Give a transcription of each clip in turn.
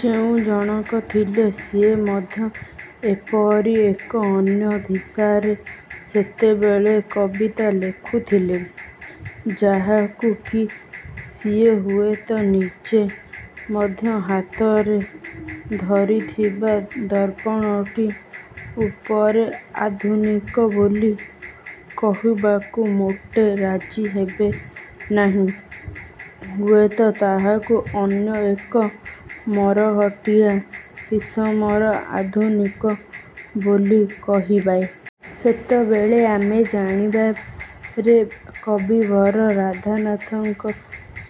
ଯେଉଁ ଜଣକ ଥିଲେ ସିଏ ମଧ୍ୟ ଏପରି ଏକ ଅନ୍ୟ ଧିସାରେ ସେତେବେଳେ କବିତା ଲେଖୁଥଲେ ଯାହାକୁ କି ସିଏ ହୁଏତ ନିଜେ ମଧ୍ୟ ହାତରେ ଧରିଥିବା ଦର୍ପଣଟି ଉପରେ ଆଧୁନିକ ବୋଲି କହିବାକୁ ମୋଟେ ରାଜି ହେବେ ନାହିଁ। ହୁଏତ ତାହାକୁ ଅନ୍ୟ ଏକ ମରହଟିଆ କିସମର ଆଧୁନିକ ବୋଲି କହିବାଏ। ସେତେବେଳେ ଆମେ ଜାଣିବାରେ କବିବର ରାଧାନାଥଙ୍କ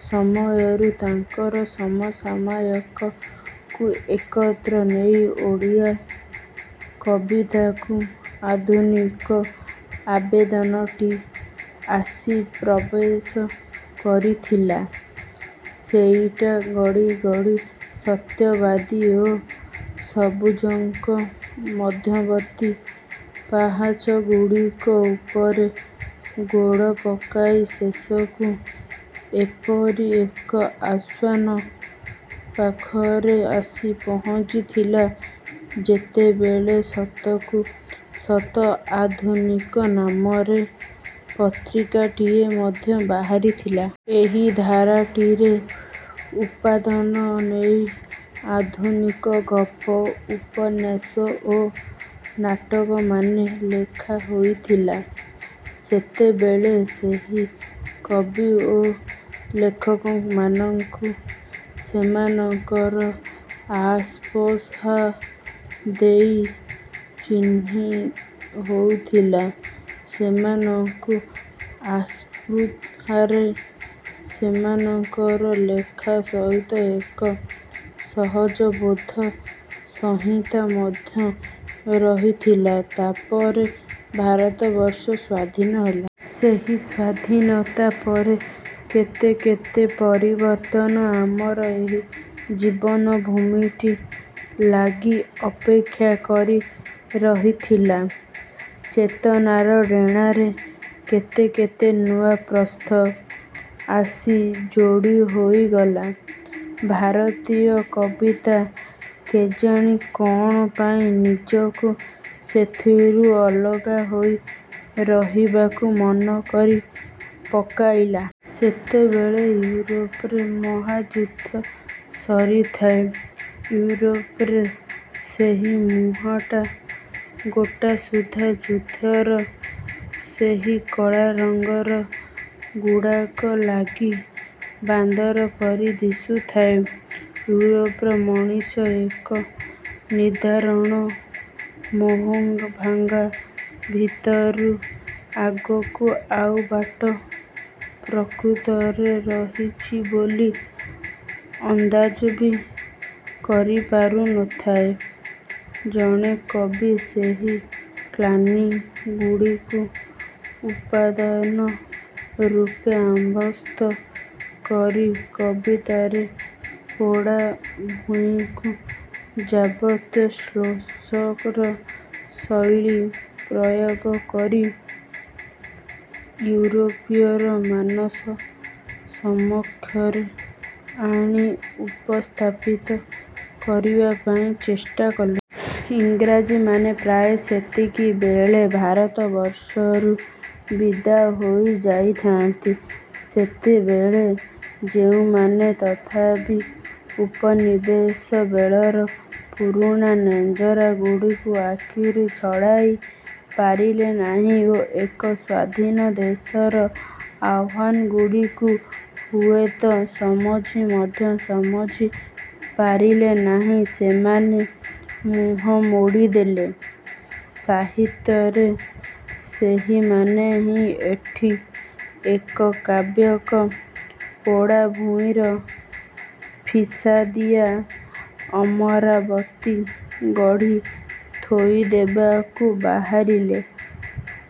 ସମୟରୁ ତାଙ୍କର ସମସାମୟକକୁ ଏକତ୍ର ନେଇ ଓଡ଼ିଆ କବିତାକୁ ଆଧୁନିକ ଆବେଦନଟି ଆସି ପ୍ରବେଶ କରିଥିଲା। ସେଇଟା ଗଡ଼ି ଗଡ଼ି ସତ୍ୟବାଦୀ ଓ ସବୁଜଙ୍କ ମଧ୍ୟବର୍ତ୍ତୀ ପାହାଚଗୁଡ଼ିକ ଉପରେ ଗୋଡ଼ ପକାଇ ଶେଷକୁ ଏପରି ଏକ ଆଶ୍ୱାନ ପାଖରେ ଆସି ପହଞ୍ଚିଥିଲା, ଯେତେବେଳେ ସତକୁ ସତ ଆଧୁନିକ ନାମରେ ପତ୍ରିକାଟାଏ ମଧ୍ୟ ବାହାରିଥିଲା। ଏହି ଧାରାଟିରୁ ଉପାଦାନ ନେଇ ଆଧୁନିକ ଗପ, ଉପନ୍ୟାସ ଓ ନାଟକମାନେ ଲେଖା ହୋଇଥିଲେ। ସେତେବେଳେ ସେହି କବି ଓ ଲେଖକମାନଙ୍କୁ ସେମାନଙ୍କର ଆସ୍ପୃହା ଦେଇ ଚିହ୍ନି ହେଉଥିଲା। ସେମାନଙ୍କ ଆସ୍ପୃହାରେ ସେମାନଙ୍କର ଲେଖା ସହିତ ଏକ ସହଜବୋଧ ସଂହତି ମଧ୍ୟ ରହିଥିଲା। ତାପରେ ଭାରତବର୍ଷ ସ୍ୱାଧୀନ ହେଲା। ସେହି ସ୍ୱାଧୀନତା ପରେ କେତେ କେତେ ପରିବର୍ତ୍ତନ ଆମର ଏହି ଜୀବନ ଭୂମିଟି ଲାଗି ଅପେକ୍ଷା କରି ରହିଥିଲା। ଚେତନାର ଡ଼େଣାରେ କେତେ କେତେ ନୂଆ ପ୍ରସ୍ଥ ଆସି ଯୋଡ଼ି ହୋଇଗଲା। ଭାରତୀୟ କବିତା କେଜାଣି କଣ ପାଇଁ ନିଜକୁ ସେଥିରୁ ଅଲଗା ହୋଇ ରହିବାକୁ ମନ କରି ପକାଇଲା। ସେତେବେଳେ ଇଉରୋପରେ ମହାଯୁଦ୍ଧ ସରିଥାଏ। ଇଉରୋପରେ ସେହି ମୁହଁଟା ଗୋଟାସୁଦ୍ଧା ଯୁଦ୍ଧର ସେହି କଳାରଙ୍ଗର ଗୁଡ଼ାକ ଲାଗି ବାନ୍ଦର ପରି ଦିଶୁଥାଏ। ଇଉରୋପର ମଣିଷ ଏକ ନିଦାରୁଣ ମୋହଭଙ୍ଗ ଭିତରୁ ଆଗକୁ ଆଉ ବାଟ ପ୍ରକୃତରେ ରହିଛି ବୋଲି ଅନ୍ଦାଜ ବି କରିପାରୁନଥାଏ। ଜଣେ କବି ସେହି କ୍ଲାନି ଗୁଡିକୁ ଉପାଦାନ ରୂପେ ଆମ୍ଭସ୍ଥ କରି କବିତାରେ ପୋଡ଼ା ଭୂଇଁକୁ ଯାବତୀୟ ସ୍ଲୋଷର ଶୈଳୀ ପ୍ରୟୋଗ କରି ଇଉରୋପୀୟ ମାନସ ସମକ୍ଷରେ ଆଣି ଉପସ୍ଥାପିତ କରିବା ପାଇଁ ଚେଷ୍ଟା କଲେ। ଇଂରାଜିମାନେ ପ୍ରାୟ ସେତିକିବେଳେ ଭାରତବର୍ଷରୁ ବିଦା ହୋଇ ଯାଇଥାନ୍ତି। ସେତେବେଳେ ଯେଉଁମାନେ ତଥାପି ଉପନିବେଶ ବେଳର ପୁରୁଣା ନେଞ୍ଜରାଗୁଡ଼ାକୁ ଆଖିରୁ ଛଡ଼ାଇ ପାରିଲେ ନାହିଁ ଓ ଏକ ସ୍ଵାଧୀନ ଦେଶର ଆହ୍ୱାନଗୁଡ଼ିକୁ ହୁଏତ ସମଝି ମଧ୍ୟ ସମଝି ପାରିଲେ ନାହିଁ, ସେମାନେ ମୁହଁ ମୋଡ଼ିଦେଲେ। ସାହିତ୍ୟରେ ସେହିମାନେ ହିଁ ଏଠି ଏକ କାବ୍ୟକ ପୋଡ଼ାଭୂଇଁର ଫିସାଦିଆ ଅମରାବତୀ ଗଢ଼ି ଥୋଇଦେବାକୁ ବାହାରିଲେ।